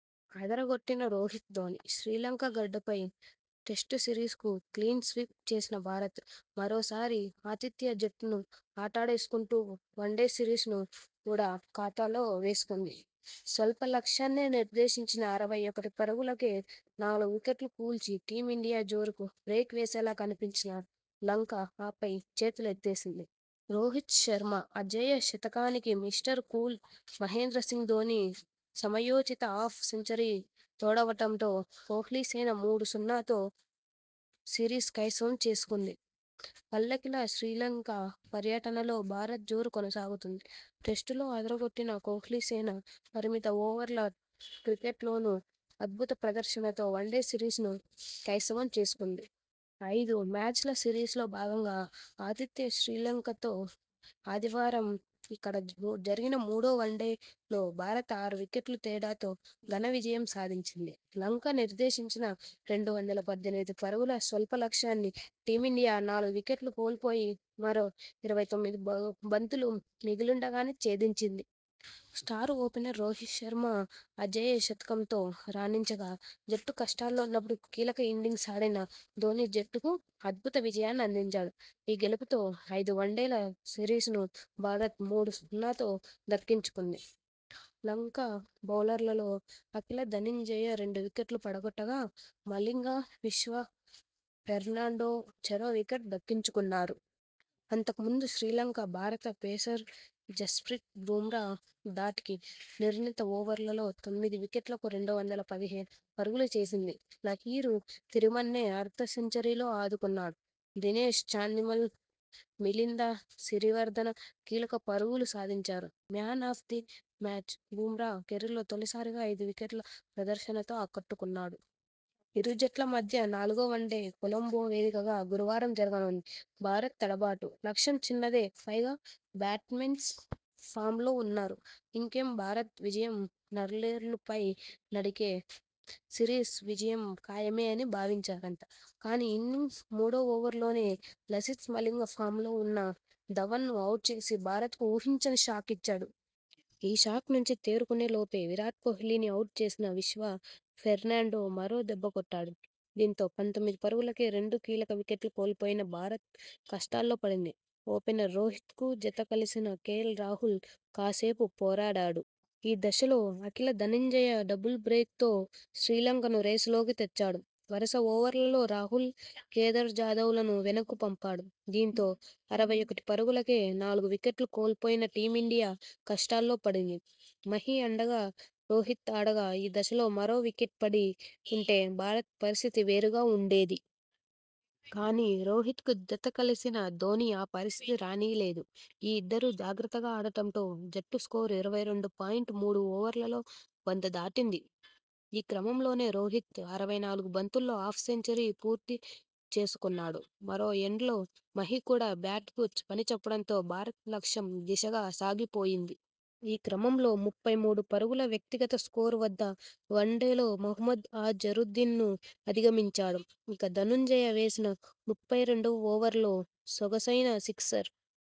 అదరగొట్టిన రోహిత్, ధోనీ. శ్రీలంక గడ్డపై test series ను clean sweep చేసిన భారత్. మరోసారి ఆతిథ్య జట్టును ఆటాడేసుకుంటూ వన్డే సిరీస్ ను కూడా ఖాతాలో వేసుకుంది. స్వల్ప లక్ష్యాన్నే నిర్దేశించినా అరవై ఒకటి పరుగులకే నాలుగు వికెట్లు కూల్చి టీం ఇండియా జోరుకు బ్రేక్ వేసేలా కనిపించిన లంక ఆపై చేతులెత్తేసింది. రోహిత్ శర్మ అజేయ శతకానికి మిస్టర్ కూల్ మహేంద్ర సింగ్ ధోనీ సమయోచిత హాఫ్ సెంచరీ తోడవడంతో కోహ్లీసేన మూడు సున్నాతో సిరీస్ కైసవం చేసుకుంది. పల్లెకెలె శ్రీలంక పర్యటనలో భారత్ జోరు కొనసాగుతుంది. టెస్టులో అదరగొట్టిన కోహ్లీసేన పరిమిత ఓవర్ల క్రికెట్ లోనూ అద్భుత ప్రదర్శనతో వన్డే సిరీస్ ను కైసవం చేసుకుంది. ఐదు మ్యాచ్ల సిరీస్ లో భాగంగా ఆతిథ్య శ్రీలంకతో ఆదివారం ఇక్కడ బొజరిగిన మూడో వన్డేలో భారత్ ఆరు వికెట్ల తేడాతో ఘన విజయం సాధించింది. లంక నిర్దేశించిన రెండు వందల పద్దెనిమిది పరుగుల స్వల్ప లక్ష్యాన్ని టీం ఇండియా నాలుగు వికెట్లు కోల్పోయి మరో ఇరవై తొమ్మిది బ బంతులు మిగిలుండగానే ఛేదించింది. స్టార్ ఓపెనర్ రోహిత్ శర్మ అజేయ శతకంతో రాణించగా జట్టు కష్టాల్లో ఉన్నపుడు కీలక ఇన్నింగ్స్ ఆడిన ధోనీ జట్టుకు అద్భుత విజయాన్ని అందించాడు. ఈ గెలుపుతో ఐదు వన్డేల సిరీస్ ను భారత్ మూడు సున్నాతో దక్కించుకుంది. లంక బౌలర్లలో అకిల ధనుంజయ రెండు వికెట్లు పడగొట్టగా, మలింగ, విశ్వ ఫెర్నాండో చెరో వికెట్ దక్కించుకున్నారు. అంతకు ముందు శ్రీలంక భారత పేసర్ జస్ప్రీత్ బుమ్రా ధాటికి నిర్ణీత ఓవర్లలో తొమ్మిది వికెట్లకు రెండు వందల పదిహే పరుగులు చేసింది. లహిరు తిరిమన్నె అర్ధ సెంచరీతో ఆదుకున్నాడు. దినేష్ చాందిమల్, మిలింద సిరివర్దన కీలక పరుగులు సాధించారు. 'Man of the match' Bumrah కెరీర్లో తొలిసారిగా ఐదు వికెట్ల ప్రదర్శనతో ఆకట్టుకున్నాడు. ఇరు జట్ల మధ్య నాలుగో వన్డే కొలంబో వేదికగా గురువారం జరగనుంది. భారత్ తడబాటు, లక్ష్యం చిన్నదే పైగా బ్యాట్స్మెన్ ఫామ్లో ఉన్నారు. ఇంకేం, భారత్ విజయం నల్లేర్లు పై నడకే సిరీస్ విజయం ఖాయమే అని భావించారంతా.. కానీ ఇన్నింగ్స్ మూడో ఓవర్ లోనే లసిత్ మలింగ ఫామ్ లో ఉన్న ధవన్ ను అవుట్ చేసి భారత్ కు ఊహించని షాక్ ఇచ్చాడు. ఈ షాక్ నుంచి తేరుకునే లోపే విరాట్ కోహ్లీ ని అవుట్ చేసిన విశ్వ ఫెర్నాండో మరో దెబ్బకొట్టాడు. దీంతో పంతొమ్మిది పరుగులకే రెండు కీలక వికెట్లు కోల్పోయిన భారత్ కష్టాల్లో పడింది. ఓపెనర్ రోహిత్ కు జత కలిసిన కేఎల్ రాహుల్ కాసేపు పోరాడాడు. ఈ దశలో అకిల ధనంజయ డబుల్ బ్రేక్ తో శ్రీలంకను రేసులోకి తెచ్చాడు. వరుస ఓవర్లలో రాహుల్, కేదార్ జాదవ్ లను వెనక్కు పంపాడు. దీంతో అరవై ఒకటి పరుగులకే నాలుగు వికెట్లు కోల్పోయిన టీం ఇండియా కష్టాల్లో పడింది. మహీ అండగా రోహిత్ ఆడగా ఈ దశలో మరో వికెట్ పడి ఉంటే భారత్ పరిస్థితి వేరుగా ఉండేది. కానీ, రోహిత్ కు జతకలిసిన ధోనీ ఆ పరిస్థితి రానీయలేదు. ఈ ఇద్దరూ జాగ్రత్తగా ఆడడంతో జట్టు స్కోరు ఇరవై రెండు పాయింట్ మూడు ఓవర్లలో వంద దాటింది. ఈ క్రమంలోనే రోహిత్ అరవై నాలుగు బంతుల్లో హాఫ్ సెంచరీ పూర్తి చేసుకున్నాడు. మరో ఎండ్ లో మహీ కూడా బ్యాట్ కు పనిచెప్పడంతో భారత్ లక్ష్యం దిశగా సాగిపోయింది. ఈ క్రమంలో ముప్పై మూడు పరుగుల వ్యక్తిగత స్కోరు వద్ద వన్డేల్లో మహ్మద్ అ జరుద్దీన్ ను అధిగమించాడు. ఇక ధనంజయ వేసిన ముప్పై రెండువ ఓవర్లో సొగసైన సిక్సర్